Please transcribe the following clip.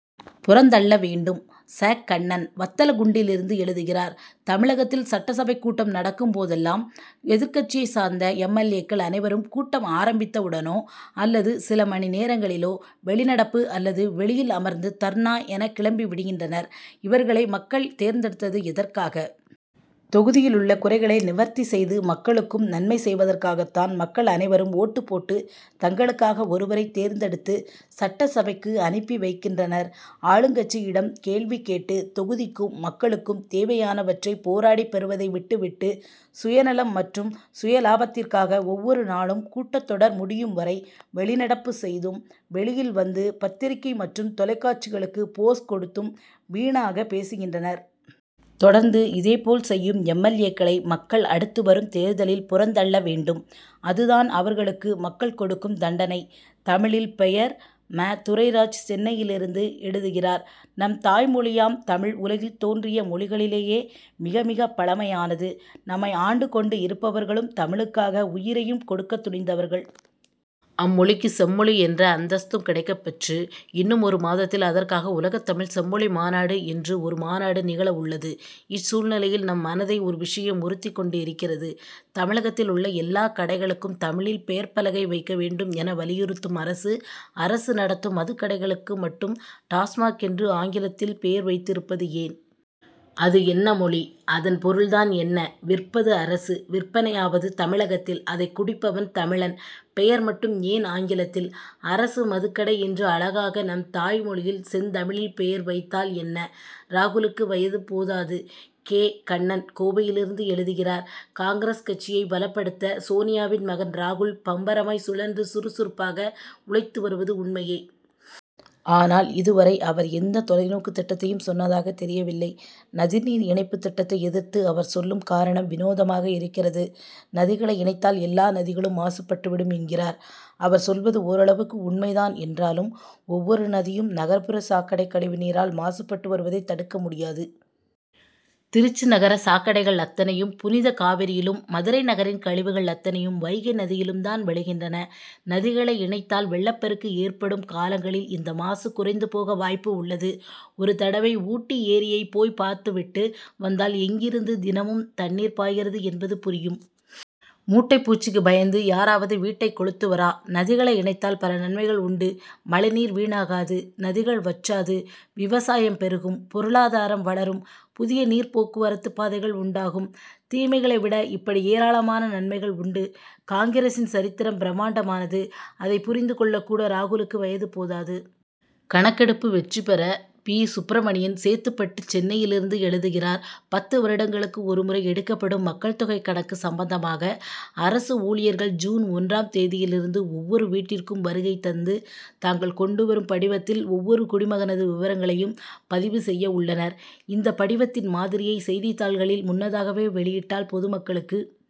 புறந்தள்ள வேண்டும்! ச. கண்ணன் வத்தலக்குண்டிலிருந்து எழுதுகிறார் தமிழகத்தில் சட்டசபை கூட்டம் நடக்கும் போதெல்லாம் எதிர்க்கட்சியைச் சார்ந்த எம். எல். ஏ.க்கள் அனைவரும் கூட்டம் ஆரம்பித்தவுடனோ அல்லது சில மணி நேரங்களிலோ வெளிநடப்பு அல்லது வெளியில் அமர்ந்து தர்ணா என கிளம்பி விடுகின்றனர். இவர்களை மக்கள் தேர்ந்தெடுத்தது எதற்காக? தொகுதியிலுள்ள குறைகளை நிவர்த்தி செய்து மக்களுக்கும் நன்மை செய்வதற்காகத் தான். மக்கள் அனைவரும் ஓட்டுப் போட்டு தங்களுக்காக ஒருவரை தேர்ந்தெடுத்து சட்டசபைக்கு அனுப்பி வைக்கின்றனர். ஆளுங்கட்சியிடம் கேள்வி கேட்டு தொகுதிக்கும் மக்களுக்கும் தேவையானவற்றை போராடி பெறுவதை விட்டு விட்டு சுயநலம் மற்றும் சுயலாபத்திற்காக ஒவ்வொரு நாளும் கூட்டத்தொடர் முடியும் வரை வெளி நடப்பு செய்தும் வெளியில் வந்து பத்திரிகை மற்றும் தொலைக்காட்சிகளுக்கு போஸ் கொடுத்தும் வீணாகப் பேசுகின்றனர். தொடர்ந்து இதேபோல் செய்யும் எம். எல். ஏ.,க்களை மக்கள், அடுத்து வரும் தேர்தலில் புறந்தள்ள வேண்டும். அதுதான் அவர்களுக்கு மக்கள் கொடுக்கும் தண்டனை. தமிழில் பெயர்:ம. துரைராஜ் சென்னையிலிருந்து எழுதுகிறார்: நம் தாய்மொழியாம் தமிழ் உலகில் தோன்றிய மொழிகளிலேயே மிகமிகப் பழமையானது. நம்மை ஆண்டு கொண்டு இருப்பவர்களும் தமிழுக்காக உயிரையும் கொடுக்கத் துணிந்தவர்கள். அம்மொழிக்கு செம்மொழி என்ற அந்தஸ்தும் கிடைக்கப் பெற்று இன்னும் ஒரு மாதத்தில் அதற்காக உலகத் தமிழ் செம்மொழி மாநாடு என்று ஒரு மாநாடு நிகழவுள்ளது. இச்சூழ்நிலையில் நம் மனதை ஒரு விஷயம் உறுத்திக் கொண்டிருக்கிறது. தமிழகத்தில் உள்ள எல்லாக் கடைகளுக்கும் தமிழில் பெயர் பலகை வைக்க வேண்டும் என வலியுறுத்தும் அரசு அரசு நடத்தும் மதுக்கடைகளுக்கு மட்டும் டாஸ்மாக் என்று ஆங்கிலத்தில் பெயர் வைத்து இருப்பது ஏன்? அது என்ன மொழி, அதன் பொருள் தான் என்ன? விற்பது அரசு, விற்பனையாவது தமிழகத்தில்; அதைக் குடிப்பவன் தமிழன். பெயர் மட்டும் ஏன் ஆங்கிலத்தில்? அரசு மதுக்கடை என்று அழகாக நம் தாய்மொழியில் செந்தமிழில் பெயர் வைத்தால் என்ன? ராகுலுக்கு வயது போதாது! கே. கண்ணன் கோவையிலிருந்து எழுதுகிறார் காங்கிரஸ் கட்சியைப் பலப்படுத்த சோனியாவின் மகன் ராகுல் பம்பரமாய் சுழன்று சுறுசுறுப்பாக உழைத்து வருவது உண்மையே! ஆனால் இதுவரை அவர் எந்த தொலைநோக்குத் திட்டத்தையும் சொன்னதாகத் தெரியவில்லை. நதிநீர் இணைப்புத் திட்டத்தை எதிர்த்து அவர் சொல்லும் காரணம் வினோதமாக இருக்கிறது. நதிகளை இணைத்தால் எல்லா நதிகளும் மாசுபட்டுவிடும் என்கிறார். அவர் சொல்வது ஓரளவுக்கு உண்மை தான் என்றாலும் ஒவ்வொரு நதியும், நகர்ப்புறச் சாக்கடை கழிவு நீரால் மாசுபட்டு வருவதைத் தடுக்க முடியாது. திருச்சி நகர சாக்கடைகள் அத்தனையும் புனித காவிரியிலும் மதுரை நகரின் கழிவுகள் அத்தனையும் வைகை நதியிலும் தான் விழுகின்றன. நதிகளை இணைத்தால் வெள்ளப்பெருக்கு ஏற்படும் காலங்களில் இந்த மாசு குறைந்து போக வாய்ப்பு உள்ளது. ஒரு தடவை ஊட்டி ஏரியை போய்ப் பார்த்து விட்டு வந்தால் எங்கிருந்து தினமும் தண்ணீர் பாய்கிறது என்பது புரியும். மூட்டைப் பூச்சிக்கு பயந்து யாராவது வீட்டைக் கொளுத்துவரா? நதிகளை இணைத்தால் பல நன்மைகள் உண்டு. மழைநீர் வீணாகாது நதிகள் வற்றாது. விவசாயம் பெருகும் பொருளாதாரம் வளரும் புதிய நீர்ப்போக்குவரத்து பாதைகள் உண்டாகும். தீமைகளை விட இப்படி ஏராளமான நன்மைகள் உண்டு. காங்கிரசின் சரித்திரம் பிரமாண்டமானது. அதைப் புரிந்து கொள்ள கூட ராகுலுக்கு வயது போதாது. கணக்கெடுப்பு வெற்றி பெற பி. சுப்ரமணியன் சேத்துப்பட்டு சென்னையிலிருந்து எழுதுகிறார் பத்து வருடங்களுக்கு ஒருமுறை எடுக்கப்படும் மக்கள் தொகை கணக்கு சம்பந்தமாக அரசு ஊழியர்கள் ஜூன் ஒன்றாம் தேதியிலிருந்து ஒவ்வொரு வீட்டிற்கும் வருகை தந்து தாங்கள் கொண்டு வரும் படிவத்தில் ஒவ்வொரு குடிமகனது விவரங்களையும் பதிவு செய்ய உள்ளனர். இந்த படிவத்தின் மாதிரியை செய்தித்தாள்களில் முன்னதாகவே வெளியிட்டால் பொதுமக்களுக்கு